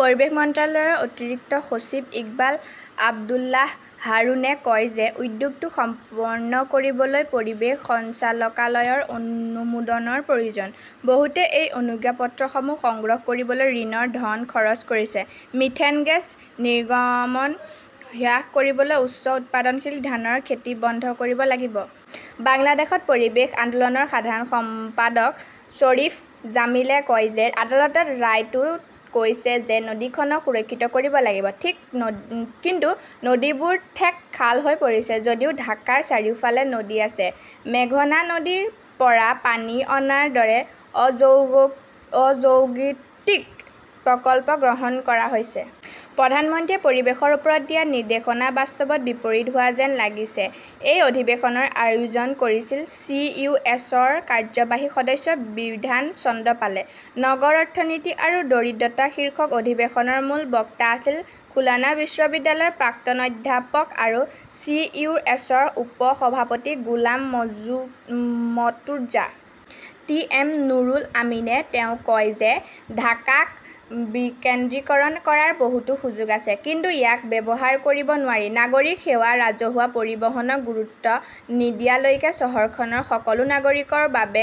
পৰিৱেশ মন্ত্ৰালয়ৰ অতিৰিক্ত সচিব ইকবাল আব্দুল্লাহ হাৰুনে কয় যে উদ্যোগটো সম্পন্ন কৰিবলৈ পৰিৱেশ সঞ্চালকালয়ৰ অনুমোদনৰ প্ৰয়োজন। বহুতে এই অনুজ্ঞাপত্ৰসমূহ সংগ্ৰহ কৰিবলৈ ঋণৰ ধন খৰচ কৰিছে। মিথেন গেছ নিৰ্গমন হ্ৰাস কৰিবলৈ উচ্চ উৎপাদনশীল ধানৰ খেতি বন্ধ কৰিব লাগিব। বাংলাদেশ পৰিৱেশ আন্দোলনৰ সাধাৰণ সম্পাদক শ্বৰীফ জামিলে কয় যে আদালতে ৰায়টোত কৈছে যে নদীখনক সুৰক্ষিত কৰিব লাগিব। কিন্তু নদীবোৰ ঠেক খাল হৈ পৰিছে। যদিও ঢাকাৰ চাৰিওফালে নদী আছে, মেঘনা নদীৰ পৰা পানী অনাৰ দৰে অযৌগক্তিক প্ৰকল্প গ্ৰহণ কৰা হৈছে। প্ৰধানমন্ত্ৰীয়ে পৰিৱেশৰ ওপৰত দিয়া নিৰ্দেশনা বাস্তৱত বিপৰীত হোৱা যেন লাগিছে। এই অধিৱেশনৰ আয়োজন কৰিছিল চি. ইউ. এছ. -ৰ কাৰ্যবাহী সদস্য বিধান চন্দ্ৰ পালে। "নগৰ অৰ্থনীতি আৰু দৰিদ্ৰতা" শীৰ্ষক অধিৱেশনৰ মূল বক্তা আছিল খুলনা বিশ্ববিদ্যালয়ৰ প্ৰাক্তন অধ্যাপক আৰু চি ইউ এছৰ উপ-সভাপতি গোলাম মৰ্তুজা। টি. এম. নুৰুল আমিনে। তেওঁ কয় যে ঢাকাক বিকেন্দ্ৰীকৰণ কৰাৰ বহুতো সুযোগ আছে। কিন্তু ইয়াক ব্যৱহাৰ কৰিব নোৱাৰি। নাগৰিক সেৱা, ৰাজহুৱা পৰিবহণক গুৰুত্ব নিদিয়ালৈকে চহৰখনৰ সকলো নাগৰিকৰ বাবে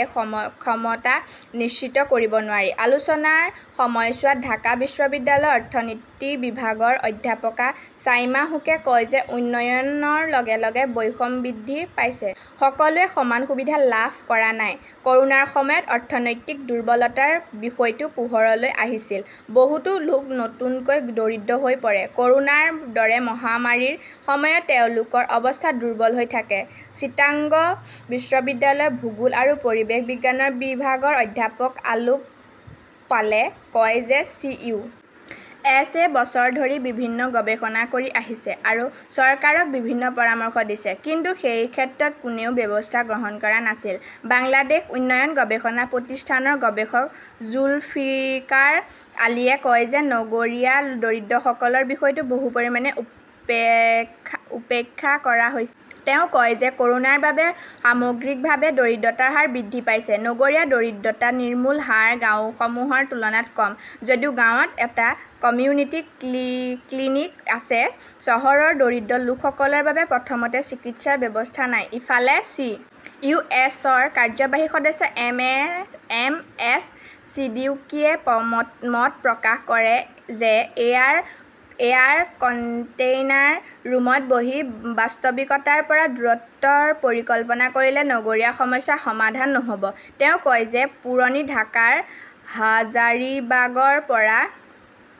ক্ষমতা নিশ্চিত কৰিব নোৱাৰি। আলোচনাৰ সময়ছোৱাত ঢাকা বিশ্ববিদ্যালয়ৰ অৰ্থনীতি বিভাগৰ অধ্যাপক চাইমা হুকে কয় যে উন্নয়নৰ লগে লগে বৈষম বৃদ্ধি পাইছে। সকলোৱে সমান সুবিধা লাভ কৰা নাই। ক'ৰোনাৰ সময়ত অৰ্থনৈতিক দুৰ্বলতাৰ বিষয়টো পোহৰলৈ আহিছিল। বহুতো লোক নতুনকৈ দৰিদ্ৰ হৈ পৰে। ক'ৰোনাৰ দৰে মহামাৰীৰ সময়ত তেওঁলোকৰ অৱস্থা দুৰ্বল হৈ থাকে। চিটাংগ বিশ্ববিদ্যালয়ৰ ভূগোল আৰু পৰিৱেশ বিজ্ঞান বিভাগৰ অধ্যাপক আলোক পালে কয় যে চি .ইউ .এছ-এ বছৰ ধৰি বিভিন্ন গৱেষণা কৰি আহিছে আৰু চৰকাৰক বিভিন্ন পৰামৰ্শ দিছে। কিন্তু সেই ক্ষেত্ৰত কোনেও ব্যৱস্থা গ্ৰহণ কৰা নাছিল। বাংলাদেশ উন্নয়ন গৱেষণা প্ৰতিষ্ঠানৰ গৱেষক জুলফিকাৰ আলীয়ে কয় যে নগৰীয়া দৰিদ্ৰসকলৰ বিষয়টো বহু পৰিমাণে উপেক্ষা কৰা হৈছে। তেওঁ কয় যে ক'ৰোনাৰ বাবে সামগ্ৰিকভাৱে দৰিদ্ৰতাৰ হাৰ বৃদ্ধি পাইছে। নগৰীয়া দৰিদ্ৰতা নিৰ্মূলৰ হাৰ গাঁওসমূহৰ তুলনাত কম। যদিও গাঁৱত এটা কমিউনিটি ক্লিনিক আছে, চহৰৰ দৰিদ্ৰ লোকসকলৰ বাবে প্ৰাথমিক চিকিৎসাৰ ব্যৱস্থা নাই। ইফালে চি. ইউ. এছ. -ৰ কাৰ্যবাহী সদস্য এম. এছ. ছিদ্দিকীয়ে মত প্ৰকাশ কৰে যে এয়াৰ কণ্টেইনাৰ ৰুমত বহি বাস্তৱিকতাৰ পৰা দূৰত্বৰ পৰিকল্পনা কৰিলে নগৰীয়া সমস্যাৰ সমাধান নহ 'ব। তেওঁ কয় যে পুৰণি ঢাকাৰ হাজাৰিবাগৰ পৰা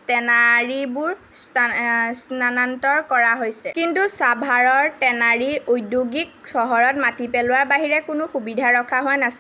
টেনাৰীবোৰ স্থানান্তৰ কৰা হৈছে। কিন্তু ছাভাৰৰ টেনাৰী ঔদ্যোগিক চহৰত মাটি পেলোৱাৰ বাহিৰে কোনো সুবিধা ৰখা হোৱা নাছিল।